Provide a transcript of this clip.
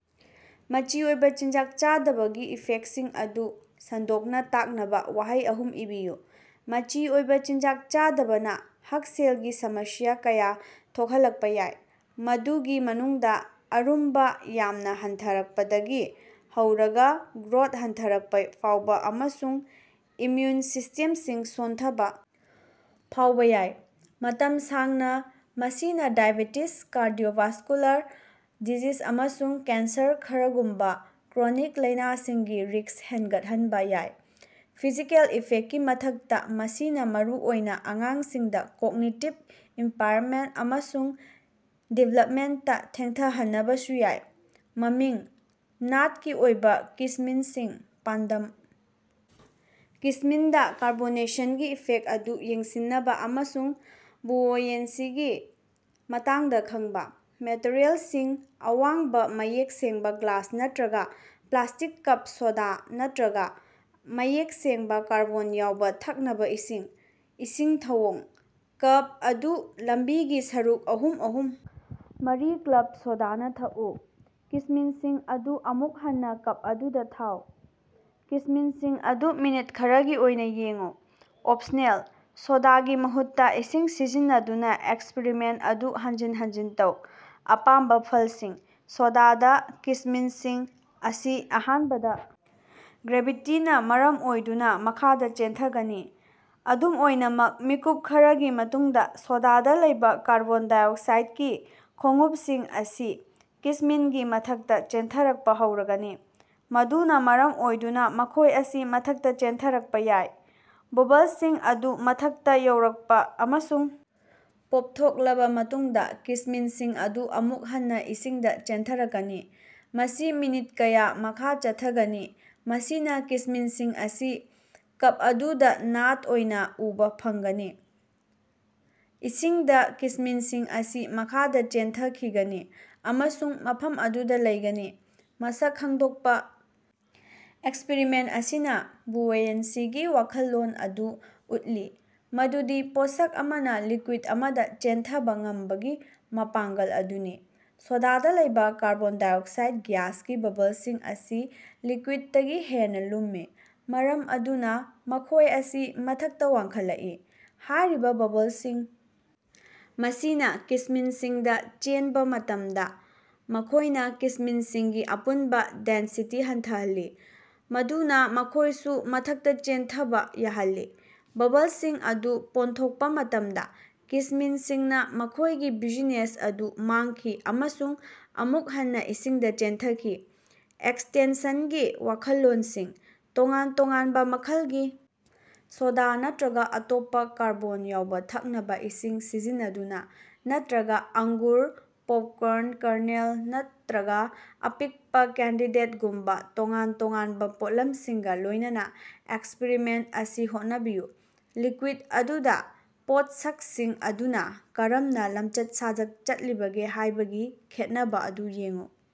ꯃꯆꯤ ꯑꯣꯏꯕ ꯆꯤꯟꯖꯥꯛ ꯆꯥꯗꯕꯒꯤ ꯏꯐꯦꯛꯁꯤꯡ ꯑꯗꯨ ꯁꯟꯗꯣꯛꯅ ꯇꯥꯛꯅꯕ ꯋꯥꯍꯩ ꯑꯍꯨꯝ ꯏꯕꯤꯌꯨ꯫ ꯃꯆꯤ ꯑꯣꯏꯕ ꯆꯤꯟꯖꯥꯛ ꯆꯥꯗꯕꯅ ꯍꯛꯁꯦꯜꯒꯤ ꯁꯃꯁ꯭ꯌꯥ ꯀꯌꯥ ꯊꯣꯛꯍꯜꯂꯛꯄ ꯌꯥꯏ, ꯃꯗꯨꯒꯤ ꯃꯅꯨꯡꯗ ꯑꯔꯨꯝꯕꯥ ꯌꯥꯝꯅ ꯍꯟꯊꯔꯛꯄꯗꯒꯤ ꯍꯧꯔꯒꯥ ꯒ꯭ꯔꯣꯠ ꯍꯟꯊꯔꯛꯄ ꯐꯥꯎꯕ, ꯑꯃꯁꯨꯡ ꯏꯝꯃ꯭ꯌꯨꯟ ꯁꯤꯁꯇꯦꯝꯁꯤꯡ ꯁꯣꯟꯊꯕ ꯐꯥꯎꯕ ꯌꯥꯏ꯫ ꯃꯇꯝ ꯁꯥꯡꯅ, ꯃꯁꯤꯅ ꯗꯥꯏꯑꯦꯕꯦꯇꯤꯖ, ꯀꯥꯔꯗꯤꯑꯣꯚꯥꯁ꯭ꯀꯨꯂꯥꯔ ꯗꯤꯖꯤꯁ, ꯑꯃꯁꯨꯡ ꯀꯦꯟꯁꯔ ꯈꯔꯒꯨꯝꯕꯥ ꯀ꯭ꯔꯣꯅꯤꯛ ꯂꯥꯏꯅꯥꯁꯤꯡꯒꯤ ꯔꯤꯛꯁ ꯍꯦꯟꯒꯠꯍꯟꯕ ꯌꯥꯏ꯫ ꯐꯤꯖꯤꯀꯦꯜ ꯏꯐꯦꯛꯀꯤ ꯃꯊꯛꯇ ꯃꯁꯤꯅ ꯃꯔꯨꯑꯣꯏꯅ ꯑꯉꯥꯡꯁꯤꯡꯗ ꯀꯣꯒꯅꯤꯇꯤꯚ ꯏꯝꯄꯥꯌꯔꯃꯦꯟ ꯑꯃꯁꯨꯡ ꯗꯤꯚꯦꯂꯞꯃꯦꯟꯇ ꯊꯦꯡꯊꯍꯟꯅꯕꯁꯨ ꯌꯥꯏ꯫ ꯃꯃꯤꯡ: ꯅꯥꯠꯀꯤ ꯑꯣꯏꯕ ꯀꯤꯁꯃꯤꯟꯁꯤꯡ ꯄꯥꯟꯗꯝ: ꯀꯤꯁꯃꯤꯟꯗꯥ ꯀꯥꯔꯕꯣꯅꯦꯁꯟꯒꯤ ꯏꯐꯦꯛ ꯑꯗꯨ ꯌꯦꯡꯁꯤꯟꯅꯕ ꯑꯃꯁꯨꯡ ꯕꯨꯑꯣꯌꯦꯟꯁꯤꯒꯤ ꯃꯇꯥꯡꯗ ꯈꯪꯕ꯫ ꯃꯦꯇꯔꯤꯑꯦꯜꯁꯤꯡ: ꯑꯋꯥꯡꯕ ꯃꯌꯦꯛ ꯁꯦꯡꯕ ꯒ꯭ꯂꯥꯁ ꯅꯠꯇ꯭ꯔꯒꯥ ꯄ꯭ꯂꯥꯁꯇꯤꯛ ꯀꯞ ꯁꯣꯗꯥ ꯅꯠꯇ꯭ꯔꯒ ꯃꯌꯦꯛ ꯁꯦꯡꯕ ꯀꯥꯔꯕꯣꯟ ꯌꯥꯎꯕ ꯊꯛꯅꯕꯥ ꯏꯁꯤꯡ꯫ ꯏꯁꯤꯡ ꯊꯧꯑꯣꯡ: ꯀꯞ ꯑꯗꯨ ꯂꯝꯕꯤꯒꯤ ꯁꯔꯨꯛ ꯑꯍꯨꯝ ꯑꯍꯨꯝ ꯃꯔꯤ ꯀ꯭ꯂꯕ ꯁꯣꯗꯥꯅ ꯊꯛꯎ꯫ ꯀꯤꯁꯃꯤꯟꯁꯤꯡ ꯑꯗꯨ ꯑꯃꯨꯛ ꯍꯟꯅꯥ ꯀꯞ ꯑꯗꯨꯗꯥ ꯊꯥꯎ꯫ ꯀꯤꯁꯃꯤꯟꯁꯤꯡ ꯑꯗꯨ ꯃꯤꯅꯠ ꯈꯔꯒꯤ ꯑꯣꯏꯅ ꯌꯦꯡꯎ꯫ ꯑꯣꯞꯁꯅꯦꯜ: ꯁꯣꯗꯥꯒꯤ ꯃꯍꯨꯠꯇꯥ ꯏꯁꯤꯡ ꯁꯤꯖꯤꯟꯅꯗꯨꯅ ꯑꯦꯛꯁꯄꯔꯤꯃꯦꯟꯇ ꯑꯗꯨ ꯍꯟꯖꯤꯟ ꯍꯟꯖꯤꯟ ꯇꯧ꯫ ꯑꯄꯥꯝꯕ ꯐꯜꯁꯤꯡ: ꯁꯣꯗꯥꯗ, ꯀꯤꯁꯃꯤꯟꯁꯤꯡ ꯑꯁꯤ ꯑꯍꯥꯟꯕꯗꯥ ꯒ꯭ꯔꯦꯚꯤꯇꯤꯅ ꯃꯔꯝ ꯑꯣꯏꯗꯨꯅ ꯃꯈꯥꯗ ꯆꯦꯟꯊꯒꯅꯤ꯫ ꯑꯗꯨꯝ ꯑꯣꯏꯅꯃꯛ, ꯃꯤꯀꯨꯞ ꯈꯔꯒꯤ ꯃꯇꯨꯡꯗ ꯁꯣꯗꯥꯗ ꯂꯩꯕꯥ ꯀꯥꯔꯕꯣꯟ ꯗꯥꯏꯑꯣꯛꯁꯥꯏꯠꯀꯤ ꯈꯣꯡꯎꯞꯁꯤꯡ ꯑꯁꯤ ꯀꯤꯁꯃꯤꯟꯒꯤ ꯃꯊꯛꯇ ꯆꯦꯟꯊꯔꯛꯄ ꯍꯧꯔꯒꯅꯤ, ꯃꯗꯨꯅ ꯃꯔꯝ ꯑꯣꯏꯗꯨꯅ ꯃꯈꯣꯏ ꯑꯁꯤ ꯃꯊꯛꯇ ꯆꯦꯟꯊꯔꯛꯄ ꯌꯥꯏ꯫ ꯕꯨꯕꯜꯁꯤꯡ ꯑꯗꯨ ꯃꯊꯛꯇꯥ ꯌꯧꯔꯛꯄ ꯑꯃꯁꯨꯡ ꯄꯣꯞꯊꯣꯛꯂꯕ ꯃꯇꯨꯡꯗ, ꯀꯤꯁꯃꯤꯟꯁꯤꯡ ꯑꯗꯨ ꯑꯃꯨꯛ ꯍꯟꯅ ꯏꯁꯤꯡꯗ ꯆꯦꯟꯊꯔꯛꯀꯅꯤ꯫ ꯃꯁꯤ ꯃꯤꯅꯤꯠ ꯀꯌꯥ ꯃꯈꯥ ꯆꯠꯊꯒꯅꯤ, ꯃꯁꯤꯅꯥ ꯀꯤꯁꯃꯤꯟꯁꯤꯡ ꯑꯁꯤ ꯀꯞ ꯑꯗꯨꯗ ꯅꯥꯠ ꯑꯣꯏꯅ ꯎꯕ ꯐꯪꯒꯅꯤ꯫ ꯏꯁꯤꯡꯗ ꯀꯤꯁꯃꯤꯟꯁꯤꯡ ꯑꯁꯤ ꯃꯈꯥꯗ ꯆꯦꯟꯊꯈꯤꯒꯅꯤ ꯑꯃꯁꯨꯡ ꯃꯐꯝ ꯑꯗꯨꯗ ꯂꯩꯒꯅꯤ꯫ ꯃꯁꯛ ꯈꯪꯗꯣꯛꯄ: ꯑꯦꯛꯁꯄꯔꯤꯃꯦꯟ ꯑꯁꯤꯅꯥ ꯕꯨꯑꯣꯌꯦꯟꯁꯤꯒꯤ ꯋꯥꯈꯜꯂꯣꯟ ꯑꯗꯨ ꯎꯠꯂꯤ, ꯃꯗꯨꯗꯤ ꯄꯣꯠꯁꯛ ꯑꯃꯅ ꯂꯤꯛꯀ꯭ꯋꯤꯠ ꯑꯃꯗ ꯆꯦꯟꯊꯕ ꯉꯝꯕꯒꯤ ꯃꯄꯥꯡꯒꯜ ꯑꯗꯨꯅꯤ꯫ ꯁꯣꯗꯥꯗ ꯂꯩꯕ ꯀꯥꯔꯕꯣꯟ ꯗꯥꯏꯑꯣꯛꯁꯥꯏꯠ ꯒ꯭ꯌꯥꯁꯀꯤ ꯕꯨꯕꯜꯁꯤꯡ ꯑꯁꯤ ꯂꯤꯛꯀ꯭ꯋꯤꯠꯇꯒꯤ ꯍꯦꯟꯅꯥ ꯂꯨꯝꯃꯤ, ꯃꯔꯝ ꯑꯗꯨꯅ ꯃꯈꯣꯏ ꯑꯁꯤ ꯃꯊꯛꯇ ꯋꯥꯡꯈꯠꯂꯛꯏ꯫ ꯍꯥꯏꯔꯤꯕ ꯕꯨꯕꯜꯁꯤꯡ ꯑꯁꯤꯅ ꯀꯤꯁꯃꯤꯟꯁꯤꯡꯗ ꯆꯦꯟꯕꯥ ꯃꯇꯝꯗ, ꯃꯈꯣꯏꯅ ꯀꯤꯁꯃꯤꯟꯁꯤꯡꯒꯤ ꯑꯄꯨꯟꯕꯥ ꯗꯦꯟꯁꯤꯇꯤ ꯍꯟꯊꯍꯜꯂꯤ, ꯃꯗꯨꯅ ꯃꯈꯣꯏꯁꯨ ꯃꯊꯛꯇꯥ ꯆꯦꯟꯊꯕꯥ ꯌꯥꯍꯜꯂꯤ꯫ ꯕꯨꯕꯜꯁꯤꯡ ꯑꯗꯨ ꯄꯣꯟꯊꯣꯛꯄ ꯃꯇꯝꯗ, ꯀꯤꯁꯃꯤꯟꯁꯤꯡꯅ ꯃꯈꯣꯏꯒꯤ ꯕ꯭ꯌꯨꯖꯤꯅꯦꯁ ꯑꯗꯨ ꯃꯥꯡꯈꯤ ꯑꯃꯁꯨꯡ ꯑꯃꯨꯛ ꯍꯟꯅꯥ ꯏꯁꯤꯡꯗ ꯆꯦꯟꯊꯈꯤ꯫ ꯑꯦꯛꯁꯇꯦꯟꯁꯟꯒꯤ ꯋꯥꯈꯜꯂꯣꯟꯁꯤꯡ: ꯇꯣꯉꯥꯟ ꯇꯣꯉꯥꯟꯕ ꯃꯈꯜꯒꯤ ꯁꯣꯗꯥ ꯅꯠꯇ꯭ꯔꯒ ꯑꯇꯣꯞꯄ ꯀꯥꯔꯕꯣꯟ ꯌꯥꯎꯕ ꯊꯛꯅꯕꯥ ꯏꯁꯤꯡ ꯁꯤꯖꯤꯟꯅꯗꯨꯅꯥ, ꯅꯠꯇ꯭ꯔꯒ ꯑꯪꯒꯨꯔ, ꯄꯣꯞꯀ꯭ꯔꯟ ꯀꯔꯅꯦꯜ ꯅꯠꯇ꯭ꯔꯒ ꯑꯄꯤꯛꯄ ꯀꯦꯟꯗꯤꯗꯦꯠꯒꯨꯝꯕꯥ ꯇꯣꯉꯥꯟ ꯇꯣꯉꯥꯟꯕ ꯄꯣꯠꯂꯝꯁꯤꯡꯒ ꯂꯣꯏꯅꯅ ꯑꯦꯛꯁꯄꯔꯤꯃꯦꯟꯇ ꯑꯁꯤ ꯍꯣꯠꯅꯕꯤꯌꯨ꯫ ꯂꯤꯛꯀ꯭ꯋꯤꯠ ꯑꯗꯨꯗ ꯄꯣꯠꯁꯛꯁꯤꯡ ꯑꯗꯨꯅ ꯀꯔꯝꯅ ꯂꯝꯆꯠ-ꯁꯥꯖꯠ ꯆꯠꯂꯤꯕꯒꯦ ꯍꯥꯏꯕꯒꯤ ꯈꯦꯠꯅꯕꯥ ꯑꯗꯨ ꯌꯦꯡꯎ꯫